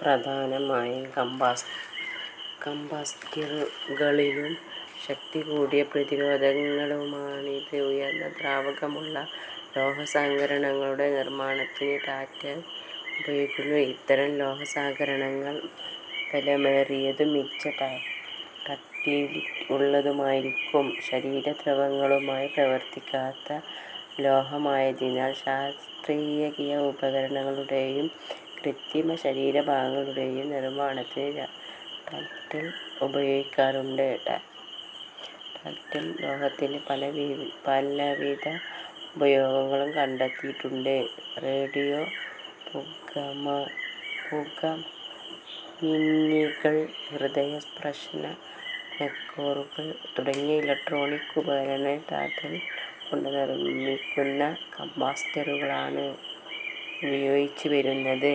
പ്രധാനമായും കപ്പാസിറ്ററുകളിലും ശക്തികൂടിയ പ്രതിരോധകങ്ങളിലുമാണിത്. ഉയർന്ന ദ്രവണാങ്കമുള്ള ലോഹസങ്കരങ്ങളുടെ നിർമ്മാണത്തിൽ ടാന്റലം ഉപയോഗിക്കുന്നു. ഇത്തരം ലോഹസങ്കരങ്ങൾ ബലമേറിയതും മികച്ച ഡക്ടിലിറ്റി ഉള്ളവയുമായിരിക്കും. ശരീരദ്രവങ്ങളുമായി പ്രവർത്തിക്കാത്ത ലോഹമായതിനാൽ ശസ്ത്രക്രീയാ ഉപകരണങ്ങളുടേയും കൃത്രിമ ശരീര ഭാഗങ്ങളുടേയും നിർമ്മാണത്തിൽ ടാന്റലം ഉപയോഗികാറുണ്ട്. ടാന്റലം ലോഹത്തിന് പലവിധ ഉപയോഗങ്ങൾ കണ്ടെത്തിയിട്ടുണ്ട്. റേഡിയോ, പുകമാപിനികൾ, ഹൃദയപേസ്മേക്കറുകൾ തുടങ്ങിയ ഇലക്ട്രോണിക് ഉപകരണങ്ങളിൽ ടാൻടലം കൊണ്ട് നിർമ്മിക്കുന്ന കപ്പാസിറ്ററുകളാണ് ഉപയോഗിച്ചു വരുന്നത്.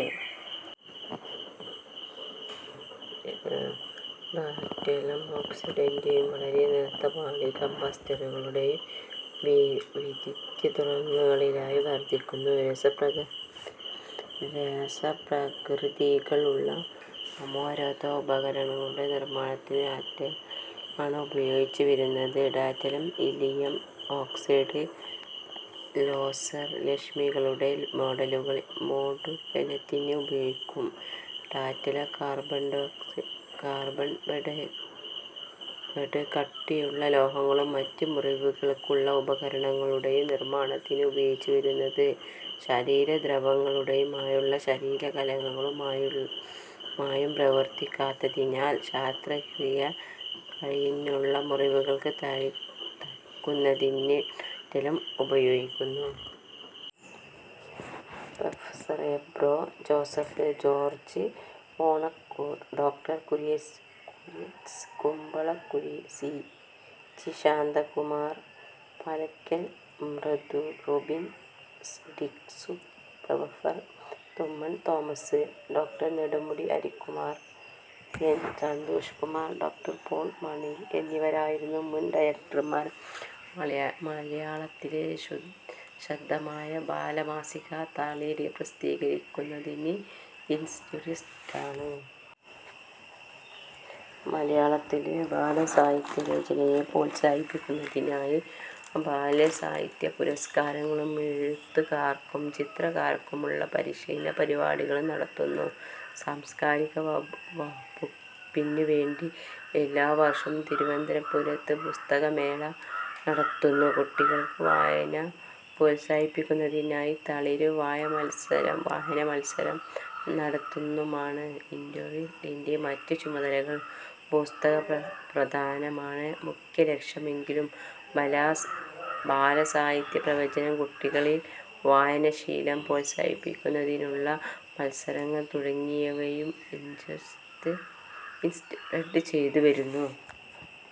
ടാന്റലം ഓക്സൈഡിന്റെ വളരെ നേർത്ത പാളി കപ്പാസിറ്ററുകളിൽ വിദ്യുത്രോധകങ്ങളായി വർത്തിക്കുന്നു. രാസപ്രക്രിയകൾക്കുള്ള അമ്ലരോധ ഉപകരണങ്ങളുടെ നിർമ്മാണത്തിന് ടാന്റലം ആണ് ഉപയോഗിച്ചു വരുന്നത്. ടാന്റലം-ലിഥിയം ഓക്സൈഡ് ലേസർ രശ്മികളുടെ മോഡുലനത്തിന് ഉപയോഗിക്കുന്നു. ടാന്റലം കാർബൈഡാകട്ടെ കട്ടിയുള്ള ലോഹങ്ങളും മറ്റും മുറിക്കാനുള്ള ഉപകരണങ്ങളുടെ നിർമ്മാണത്തിനാണ് ഉപയോഗിച്ചുവരുന്നത്. ശരീരദ്രാവകങ്ങളുമായും ശരീര കലകളുമായും പ്രതിപ്രവർത്തിക്കാത്തതിനാൽ ശസ്ത്രക്രിയ കഴിഞ്ഞുള്ള മുറിവുകൾ തയ്ക്കുന്നതിന് ടാന്റലം ഉപയോഗിക്കുന്നു. Prof. Abraham Joseph, George Onakkoor, ഡോ. Kurias Kumbalakuzhi, C. G. Shantakumar, Pala K. M. Mathew, Rubin D'Cruz, prof. Thumpamon Thomas, ഡോ. നെടുമുടി ഹരികുമാർ, എം സന്തോഷ് കുമാർ, ഡോ. പോൾ മണലിൽ എന്നിവരായിരുന്നു മുൻ ഡയറക്ടർമാർ. മലയാളത്തിലെ ശ്രദ്ധേയമായ ബാലമാസിക തളിര് പ്രസിദ്ധീകരിക്കുന്നതും ഇൻസ്റ്റിറ്റ്യൂട്ട് ആണ്. മലയാളത്തിലെ ബാലസാഹിത്യ രചനയെ പ്രോത്സാഹിപ്പിക്കുന്നതിനായി ബാലസാഹിത്യ പുരസ്കാരങ്ങളും എഴുത്തുകാർക്കും ചിത്രകാർക്കുമുള്ള പരിശീലന പരിപാടികളും നടത്തുന്നു. സാംസ്കാരിക വകുപ്പിനുവേണ്ടി എല്ലാവർഷവും തിരുവനന്തപുരം പുസ്തകമേള നടത്തുന്നതും കുട്ടികളിൽ വായന പ്രോത്സാഹിപ്പിക്കുന്നതിനായി തളിര് വായനാമത്സരം നടത്തുന്നതുമാണു് ഇൻസ്റ്റിറ്റ്യൂട്ടിന്റെ മറ്റു ചുമതലകൾ. പുസ്തകപ്രസാധനമാണ് മുഖ്യലക്ഷ്യമെങ്കിലും ബാലസാഹിത്യ പ്രചാരണം, കുട്ടികളിലെ വായനാശീലം പ്രോത്സാഹിപ്പിക്കുന്നതിനുള്ള മത്സരങ്ങൾ തുടങ്ങിയവയും ഇൻസ്റ്റിറ്റ്യൂട്ട് ചെയ്ത് വരുന്നു.